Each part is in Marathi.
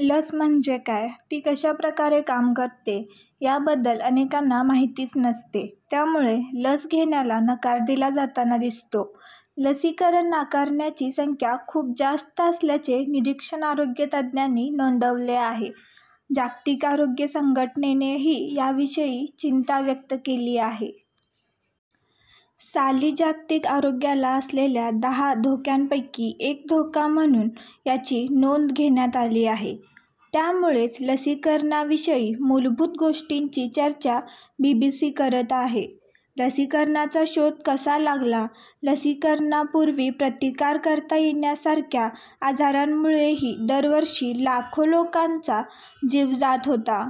लस म्हणजे काय? ती कशा प्रकारे काम करते? याबद्दल अनेकांना माहितीच नसते. त्यामुळे लस घेण्याला नकार दिला जाताना दिसतो. लसीकरण नाकारणाऱ्यांची संख्या खूप जास्त असल्याचे निरीक्षण आरोग्य तज्ज्ञांनी नोंदवले आहे. जागतिक आरोग्य संघटनेनेही याविषयी चिंता व्यक्त केली आहे. साली जागतिक आरोग्याला असलेल्या दहा धोक्यांपैकी एक धोका म्हणून याची नोंद घेण्यात आली आहे. त्यामुळेच लसीकरणाविषयी मूलभूत गोष्टींची चर्चा बीबीसी करत आहे. लसीकरणाचा शोध कसा लागला? लसीकरणापूर्वी प्रतिकार करता येण्यासारख्या आजारांमुळेही दरवर्षी लाखो लोकांचा जीव जात होता.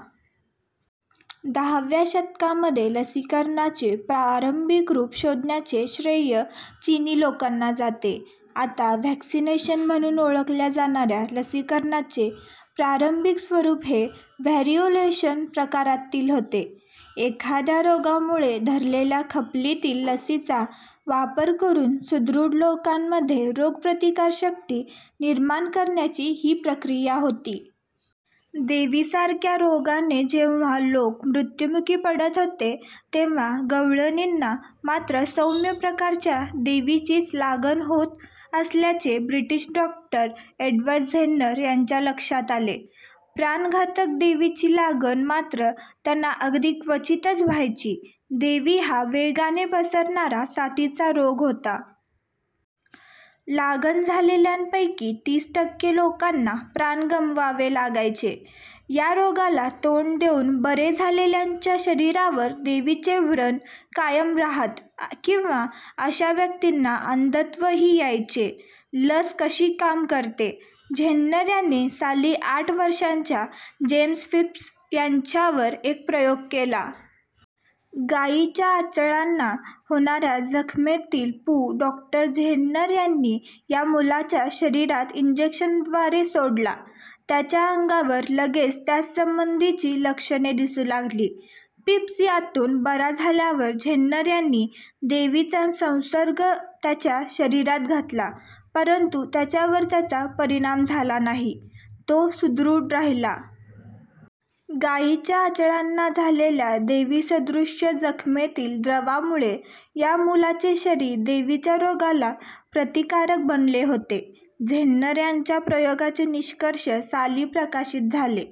दहाव्या शतकामध्ये लसीकरणाचे प्रारंभिक रूप शोधण्याचे श्रेय चिनी लोकांना जाते. आता 'व्हॅक्सिनेशन' म्हणून ओळखल्या जाणाऱ्या लसीकरणाचे प्रारंभिक स्वरूप हे 'व्हॅरिओलेशन' प्रकारातील होते. एखाद्या रोगामुळे धरलेल्या खपलीतील लसीचा वापर करून सुदृढ लोकांमध्ये रोगप्रतिकार शक्ती निर्माण करण्याची ही प्रक्रिया होती. देवीसारख्या रोगाने जेव्हा लोक मृत्युमुखी पडत होते, तेव्हा गवळणींना मात्र सौम्य प्रकारच्या देवीचीच लागण होत असल्याचे ब्रिटिश डॉक्टर एडवर्ड जेन्नर यांच्या लक्षात आले. प्राणघातक देवीची लागण मात्र त्यांना अगदी क्वचितच व्हायची. देवी हा वेगाने पसरणारा साथीचा रोग होता. लागण झालेल्यांपैकी तीस टक्के लोकांना प्राण गमवावे लागायचे. या रोगाला तोंड देऊन बरे झालेल्यांच्या शरीरावर देवीचे व्रण कायम राहत किंवा अशा व्यक्तींना अंधत्वही यायचे. लस कशी काम करते? जेन्नर यांनी साली आठ वर्षांच्या जेम्स फिप्स याच्यावर एक प्रयोग केला. गायीच्या आचळांना होणाऱ्या जखमेतील पू डॉक्टर जेन्नर यांनी या मुलाच्या शरीरात इंजेक्शनद्वारे सोडला. त्याच्या अंगावर लगेच त्यासंबंधीची लक्षणे दिसू लागली. फिप्स यातून बरा झाल्यावर जेन्नर यांनी देवीचा संसर्ग त्याच्या शरीरात घातला, परंतु त्याच्यावर त्याचा परिणाम झाला नाही, तो सुदृढ राहिला. गायीच्या आचळांना झालेल्या देवीसदृश जखमेतील द्रवामुळे या मुलाचे शरीर देवीच्या रोगाला प्रतिकारक बनले होते. जेन्नर यांच्या प्रयोगांचे निष्कर्ष साली प्रकाशित झाले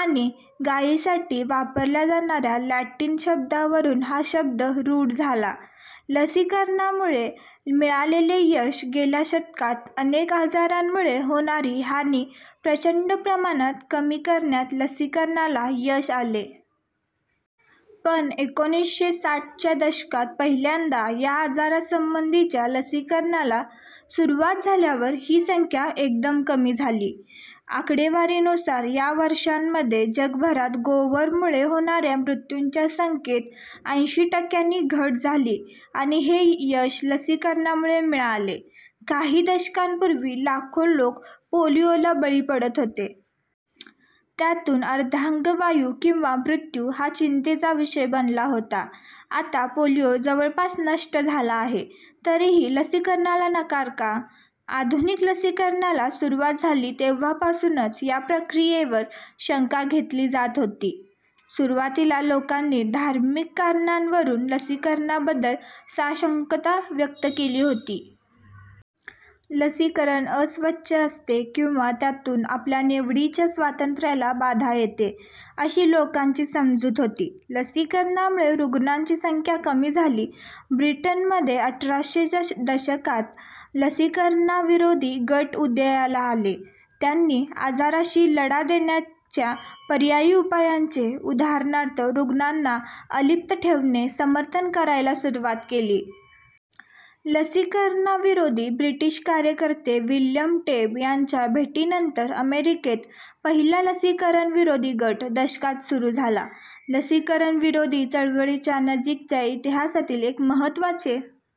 आणि गायीसाठी वापरल्या जाणाऱ्या लॅटिन शब्दावरून हा शब्द रूढ झाला. लसीकरणामुळे मिळालेले यश गेल्या शतकात अनेक आजारांमुळे होणारी हानी प्रचंड प्रमाणात कमी करण्यात लसीकरणाला यश आले. पण एकोणीसशे साठच्या दशकात पहिल्यांदा या आजारासंबंधीच्या लसीकरणाला सुरुवात झाल्यावर ही संख्या एकदम कमी झाली. आकडेवारीनुसार या वर्षांमध्ये जगभरात गोवरमुळे होणाऱ्या मृत्यूंच्या संख्येत ऐंशी टक्क्यांनी घट झाली आणि हे यश लसीकरणामुळे मिळाले. काही दशकांपूर्वी लाखो लोक पोलिओला बळी पडत होते. त्यातून अर्धांगवायू किंवा मृत्यू हा चिंतेचा विषय बनला होता. आता पोलिओ जवळपास नष्ट झाला आहे. तरीही लसीकरणाला नकार का? आधुनिक लसीकरणाला सुरुवात झाली तेव्हापासूनच या प्रक्रियेवर शंकाही घेतली जात होती. सुरुवातीला लोकांनी धार्मिक कारणावरून लसीकरणाबद्दल साशंकता व्यक्त केली होती. लसीकरण अस्वच्छ असते किंवा त्यातून आपल्या निवडीच्या स्वातंत्र्याला बाधा येते, अशी लोकांची समजूत होती. लसीकरणामुळे रुग्णांची संख्या कमी झाली ब्रिटनमध्ये अठराशेच्या दशकात लसीकरणविरोधी गट उदयाला आले. त्यांनी आजाराशी लढा देण्याच्या पर्यायी उपायांचे उदाहरणार्थ, रुग्णांना अलिप्त ठेवणे- समर्थन करायला सुरुवात केली. लसीकरणविरोधी ब्रिटिश कार्यकर्ते विल्यम टेब यांच्या भेटीनंतर अमेरिकेत पहिला लसीकरणविरोधी गट दशकात सुरू झाला. लसीकरणविरोधी चळवळीच्या नजीकच्या इतिहासातील एक महत्त्वाचे